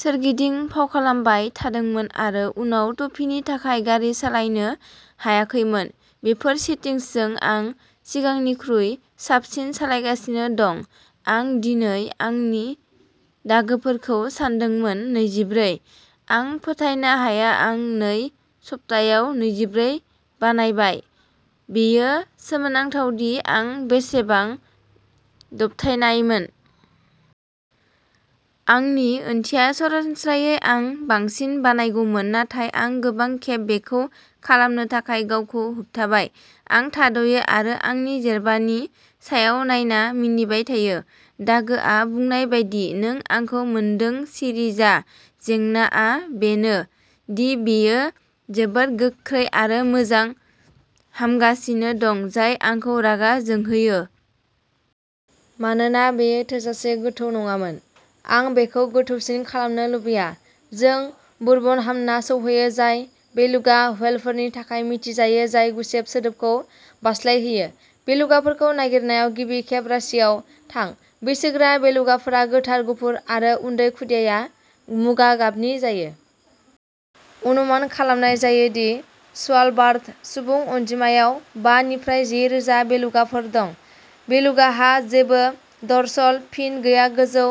सोरगिदिं फावखालामबाय थादोंमोन आरो उनाव टफीनि थाखाय गारि सालायनो हायाखैमोन। बेफोर सेटिंसजों आं सिगांनिख्रुइ साबसिन सालायगासिनो दं। आं दिनै आंनि दागोफोरखौ सानदोंमोन नैजिब्रै आं फोथायनो हाया आं नै सप्तायाव नैजिब्रै बानायबाय। बेयो सोमोनांथावदि आं बेसेबां दबथायनायमोन। आंनि ओंथिया, सरासनस्रायै आं बांसिन बानायगौमोन, नाथाय आं गोबां खेब बेखौ खालामनो थाखाय गावखौ होबथाबाय। आं थाद'यो आरो आंनि जेरबानि सायाव नायना मिनिबाय थायो। दागोआ बुंनाय बायदि, नों आंखौ मोनदों, सिरि जा। जेंनाआ बेनो दि बेयो जोबोद गोख्रै आरो मोजां हामगासिनो दं जाय आंखौ रागा जोंहोयो। मानोना बेयो थोजासे गोथौ नङामोन। आं बेखौ गोथौसिन खालामनो लुबैया। जों बुरबनहामना सौहैयो, जाय बेलुगा व्हेलफोरनि थाखाय मिथिजायो जाय गुसेब सोदोबखौ बारस्लायहोयो। बेलुगाफोरखौ नागिरनायाव गिबि खेब राशियाव थां। बैसोगोरा बेलुगाफोरा गोथार गुफुर। आरो उन्दै खुदियाया मुगा गाबनि जायो। अनुमान खालामनाय जायो दि स्वालबार्ड सुबुं अनजिमायाव बा निफ्राय जि रोजा बेलुगाफोर दं। बेलुगाहा जेबो डर्सल फिन गैया-गोजौ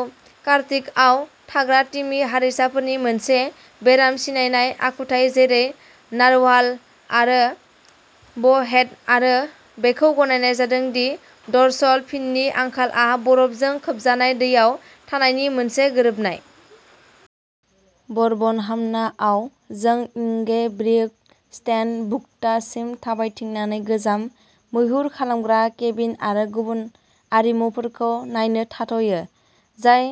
र्काटिकआव थाग्रा तिमि हारिसाफोरनि मोनसे बेराम सिनायनाय आखुथाय जेरै नारवाल आरो ब'हेड-आरो बेखौ गनायनाय जादों दि डर्सल फिननि आंखालआ बरफजों खोबजानाय दैयाव थानायनि मोनसे गोरोबनाय। बरबनहामनाआव जों इंगेब्रिगस्टेनबुक्तासिम थाबायथिंनानै गोजाम मैहुर खालामग्रा केबिन आरो गुबुन आरिमुफोरखौ नायनो थाथ'यो, जाय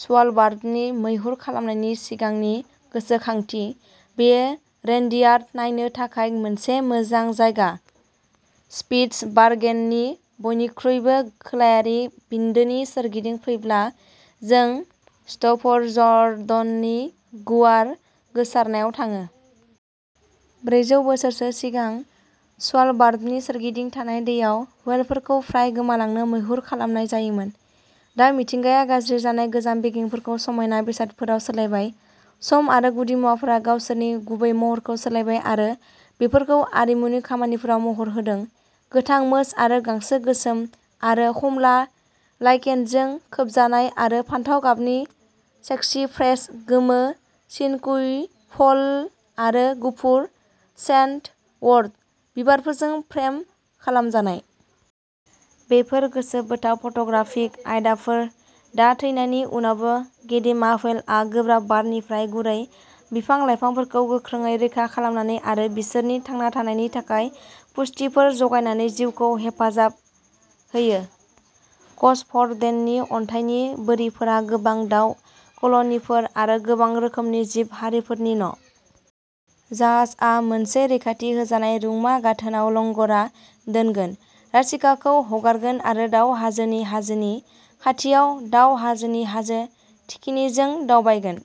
स्वालबार्डनि मैहुर खालामनायनि सिगांनि गोसोखांथि। बेयो रेनडियार नायनो थाखाय मोनसे मोजां जायगा। स्पिट्सबार्गेननि बयनिख्रुइबो खोलायारि बिन्दोनि सोरगिदिं फैब्ला, जों स्टर्फजर्डननि गुवार गोसारनायाव थाङो। ब्रैजौ बोसोरसो सिगां, स्वालबार्डनि सोरगिदिं थानाय दैयाव व्हेलफोरखौ फ्राय गोमालांनो मैहुर खालामनाय जायोमोन। दा मिथिंगाया गाज्रि जानाय गोजाम बेगेंफोरखौ समायना बेसादफोराव सोलायबाय। सम आरो गुदिमुवाफोरा गावसोरनि गुबै महरखौ सोलायबाय आरो बेफोरखौ आरिमुनि खामानिफोराव महर होदों, गोथां मोस आरो गांसो, गोसोम आरो खमला लाइकेनजों खोबजानाय आरो फान्थाव गाबनि सेक्सिफ्रेज, गोमो सिनकुफल आरो गुफुर सेन्डवर्ट बिबारफोरजों फ्रेम खालामजानाय। बेफोर गोसोबोथाव फट'ग्राफिक आयदाफोर। दा, थैनायनि उनावबो, गेदेमा व्हेलआ गोब्राब बारनिफ्राय गुरै बिफां-लाइफांफोरखौ गोख्रोंयै रैखा खालामनानै आरो बिसोरनि थांना थानायनि थाखाय पुष्टिफोर जगायनानै जिउखौ हेफाजाब होयो। कसफजर्डेननि अन्थाइनि बोरिफोरा गोबां दाव कल'निफोर आरो गोबां रोखोमनि जिब-हारिफोरनि न'। जाहाजआ मोनसे रैखाथि होजानाय रुंमा गाथोनआव लंग'रा दोनगोन, राशिकाखौ हगारगोन आरो दाउ हाजोनि हाजोनि खाथियाव दाव हाजोनि हाजो थिखिनिजों दावबायगोन।